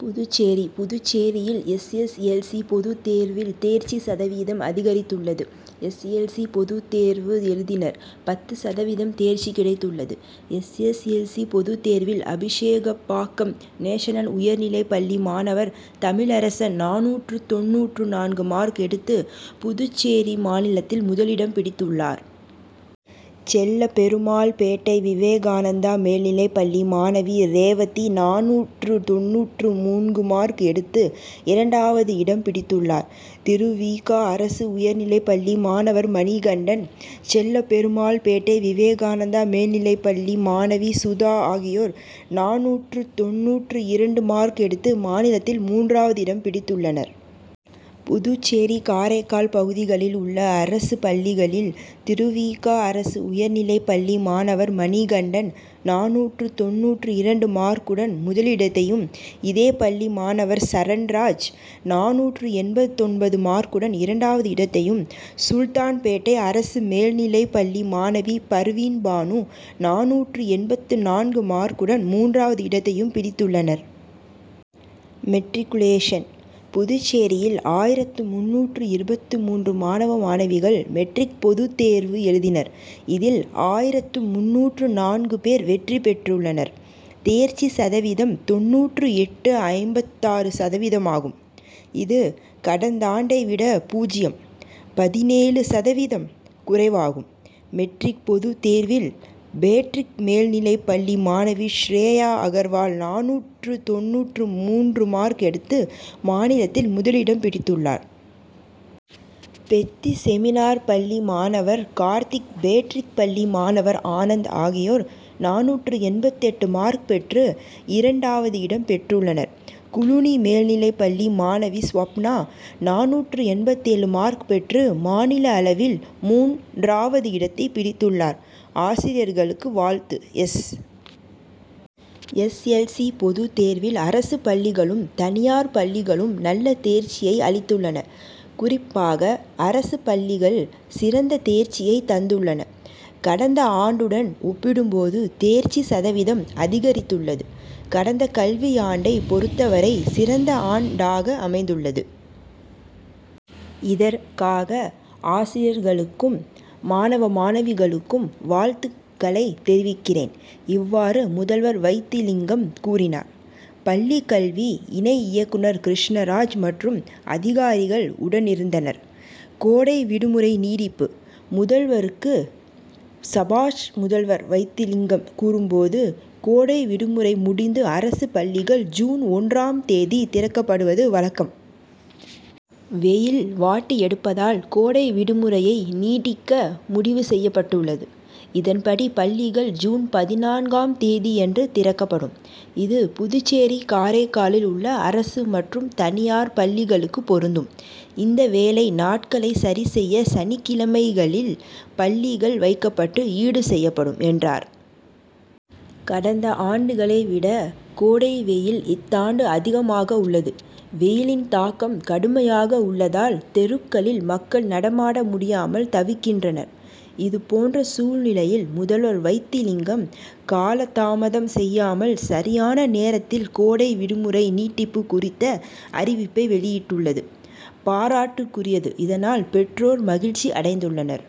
புதுச்சேரி: புதுச்சேரியில் S. S. L. C., பொதுத் தேர்வில் தேர்ச்சி சதவீதம் அதிகரித்துள்ளது. எஸ். எல். சி., பொதுத் தேர்வு எழுதினர். பத்து சதவீதம் தேர்ச்சி கிடைத்துள்ளது. எஸ். எஸ். எல். சி., பொதுத் தேர்வில் அபிஷேகப்பாக்கம் நேஷனல் உயர்நிலைப் பள்ளி மாணவர் தமிழரசன் நானூற்று தொண்ணூற்று நான்கு மார்க் எடுத்து புதுச்சேரி மாநிலத்தில் முதலிடம் பிடித்துள்ளார். செல்லபெருமாள்பேட்டை விவேகானந்தா மேல்நிலைப் பள்ளி மாணவி ரேவதி நானூற்று தொண்ணூற்று மூன்று மார்க் எடுத்து இரண்டாவது இடம் பிடித்துள்ளார். திரு. வி. க., அரசு உயர் நிலைப் பள்ளி மாணவர் மணிகண்டன், செல்லபெருமாள் பேட்டை விவேகானந்தா மேல்நிலைப் பள்ளி மாணவி சுதா ஆகியோர் நானூற்று தொண்ணூற்று இரண்டு மார்க் எடுத்து மாநிலத்தில் மூன்றாவது இடம் பிடித்துள்ளனர். புதுச்சேரி, காரைக்கால் பகுதிகளில் உள்ள அரசு பள்ளிகளில் திரு. வி. க. அரசு உயர்நிலைப் பள்ளி மாணவர் மணிகண்டன் நானூற்று தொண்ணூற்று இரண்டு மார்க்குடன் முதலிடத்தையும், இதேபள்ளி மாணவர் சரண்ராஜ் நானூற்று எண்பத்தொன்பது மார்க்குடன் இரண்டாவது இடத்தையும், சுல்தான்பேட்டை அரசு மேல்நிலைப் பள்ளி மாணவி பர்வீன் பானு நானூற்று எண்பத்து நான்கு மார்க்குடன் மூன்றாவது இடத்தையும் பிடித்துள்ளனர். மெட்ரிக்குலேஷன்: புதுச்சேரியில் ஆயிரத்து முந்நூற்று இருபத்து மூன்று மாணவ மாணவிகள் மெட்ரிக் பொதுத் தேர்வு எழுதினர். இதில் ஆயிரத்து முந்நூற்று நான்கு பேர் வெற்றி பெற்றுள்ளனர். தேர்ச்சி சதவீதம் தொண்ணூற்று எட்டு.ஐம்பத்தாறு சதவீதமாகும். இது, கடந்தாண்டைவிட பூஜ்ஜியம். பதினேழு சதவீதம் குறைவாகும். மெட்ரிக் பொதுத் தேர்வில் பேட்ரிக் மேல்நிலைப் பள்ளி மாணவி ஷ்ரேயா அகர்வால் நானூற்று தொண்ணூற்று மூன்று மார்க் எடுத்து மாநிலத்தில் முதலிடம் பிடித்துள்ளார். பெத்திசெமினார் பள்ளி மாணவர் கார்த்திக், பேட்ரிக் பள்ளி மாணவர் ஆனந்த் ஆகியோர் நானூற்று எண்பத்தெட்டு மார்க் பெற்று இரண் டாவது இடம் பெற்றுள்ளனர். குளூனி மேல்நிலைப் பள்ளி மாணவி ஸ்வப்னா, நானூற்று எண்பத்தேழு மார்க் பெற்று மாநில அளவில் மூன் றாவது இடத்தை பிடித்துள்ளார். ஆசிரியர்களுக்கு வாழ்த்து: எஸ். எஸ். எல். சி., பொதுத் தேர் வில் அரசு பள்ளிகளும், தனியார் பள்ளிகளும் நல்ல தேர்ச்சியை அளித்துள்ளன. குறிப் பாக அரசு பள்ளிகள் சிறந்த தேர்ச்சியை தந்துள்ளன. கடந்த ஆண்டுடன் ஒப்பிடும்போது தேர்ச்சி சதவீதம் அதிகரித் துள்ளது. கடந்த கல்வியாண்டை பொருத்தவரை சிறந்த ஆண் டாக அமைந்துள்ளது. இதற் காக ஆசிரியர்களுக்கும், மாணவ மாணவிகளுக்கும் வாழ்த்துக் களை தெரிவிக்கிறேன். இவ்வாறு முதல்வர் வைத்திலிங்கம் கூறினார். பள்ளிக் கல்வி இணை இயக்குனர் கிருஷ்ணராஜ் மற்றும் அதிகாரிகள் உடனிருந்தனர். கோடை விடுமுறை நீடிப்பு முதல்வருக்கு சபாஷ் முதல்வர் வைத்திலிங்கம் கூறும்போது, கோடை விடுமுறை முடிந்து அரசு பள்ளிகள் ஜூன் ஒன்றாம் தேதி திறக்கப்படுவது வழக்கம். வெயில் வாட்டி எடுப்பதால் கோடை விடுமுறையை நீட்டிக்க முடிவு செய்யப்பட்டுள்ளது. இதன்படி பள்ளிகள் ஜூன் பதினான்காம் தேதியன்று திறக்கப்படும். இது புதுச்சேரி, காரைக்காலில் உள்ள அரசு மற்றும் தனியார் பள்ளிகளுக்கு பொருந்தும். இந்த வேலை நாட்களை சரி செய்ய சனிக் கிழமைகளில் பள்ளிகள் வைக்கப்பட்டு ஈடு செய்யப்படும் என்றார். கடந்த ஆண்டுகளைவிட கோடை வெயில் இந்தாண்டு அதிகமாக உள்ளது. வெயிலின் தாக்கம் கடுமையாக உள்ளதால் தெருக்களில் மக்கள் நடமாட முடியாமல் தவிக்கின்றனர். இதுபோன்ற சூழ்நிலையில் முதல்வர் வைத்திலிங்கம், காலதாமதம் செய்யாமல் சரியான நேரத்தில் கோடை விடுமுறை நீட்டிப்பு குறித்த அறிவிப்பை வெளியிட்டுள்ளது பாராட்டுக்குரியது. இதனால் பெற்றோர் மகிழ்ச்சி அடைந்துள்ளனர்.